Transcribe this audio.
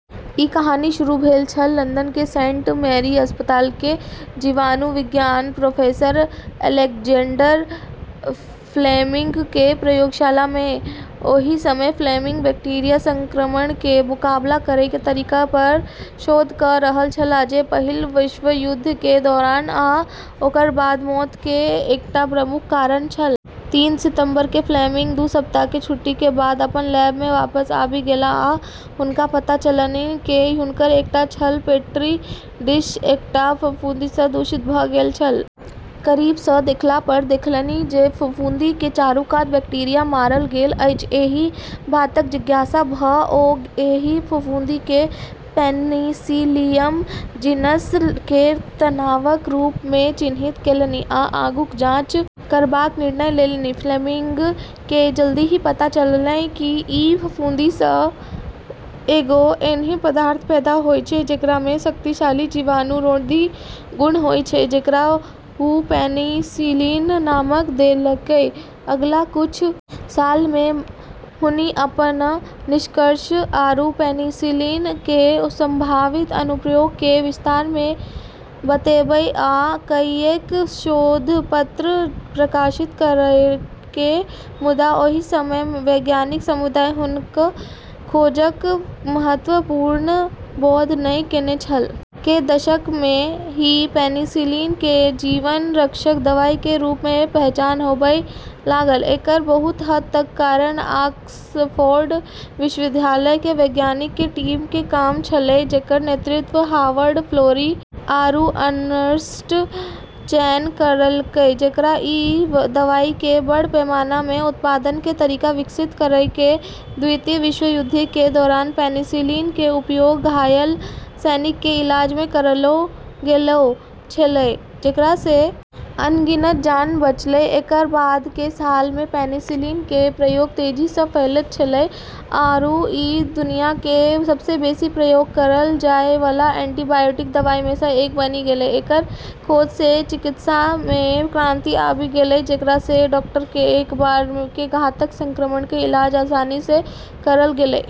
ई कहानी शुरू भेल छल लंदन के सेंट मैरी अस्पताल के जीवाणुविज्ञानी प्रोफेसर अलेक्जेंडर फ्लेमिंग के प्रयोगशाला में, ओहि समय फ्लेमिंग बैक्टीरिया संक्रमण के मुकाबला करय के तरीका पर शोध क रहल छलाह जे पहिल विश्वयुद्ध के दौरान आ ओकर बाद मौत के एकटा प्रमुख कारण छल। तीन सितंबर के फ्लेमिंग दू सप्ताह के छुट्टी के बाद अपन लैब में वापस आबि गेलाह आ हुनका पता चललनि जे हुनकर एकटा छल पेट्री डिश एकटा फफूंदी स दूषित भ गेल छल, करीब स देखला पर देखलनि जे फफूंदी के चारू कात बैक्टीरिया मारल गेल अछि, एहि बातक जिज्ञासा भ ओ एहि फफूंदी केँ पेनिसिलियम जीनस केर तनावक रूप मे चिन्हित केलनि आ आगूक जांच करबाक निर्णय लेलनि, फ्लेमिंग के जल्दी ही पता चललै कि ई फफूंदी से एगो ऐन्हऽ पदार्थ पैदा होय छै जेकरा मे शक्तिशाली जीवाणुरोधी गुण होय छै जेकरा वू पेनिसिलिन नाम देलकै, अगिला कुछ सालऽ मे हुनी अपनऽ निष्कर्ष आरू पेनिसिलिन केरऽ संभावित अनुप्रयोग के विस्तार से बतैबै वाला कईएक शोध पत्र प्रकाशित करलकै मुदा ओहि समय वैज्ञानिक समुदाय हुनक खोजक महत्वक पूर्ण बोध नहि केने छल, के दशक में ही पेनिसिलिन के जीवन रक्षक दवाई के रूप में पहचान होबय लागल, एकरऽ बहुत हद तक कारण ऑक्सफोर्ड विश्वविद्यालय केरऽ वैज्ञानिकऽ के टीम केरऽ काम छेलै जेकरऽ नेतृत्व हावर्ड फ्लोरी आरू अर्नस्ट चेन करलकै जेकरा ई दवाई केरऽ बड़ पैमाने पे उत्पादन के तरीका विकसित करलकै, द्वितीय विश्वयुद्ध के दौरान पेनिसिलिन के उपयोग घायल सैनिक के इलाज में करलौ गेलौ छेलै जेकरा से अनगिनत जान बचलै, एकरऽ बाद के सालऽ मे पेनिसिलिन केरऽ प्रयोग तेजी से फैललऽ छेलै आरू ई दुनिया केरऽ सबसे बेसी प्रयोग करलऽ जाय वाला एंटीबायोटिक दवाई मे से एक बनी गेलै, एकरऽ खोज से चिकित्सा मे क्रांति आबी गेलै जेकरा से डॉक्टर के एक बार के घातक संक्रमण के इलाज आसानी से करलऽ गेलै।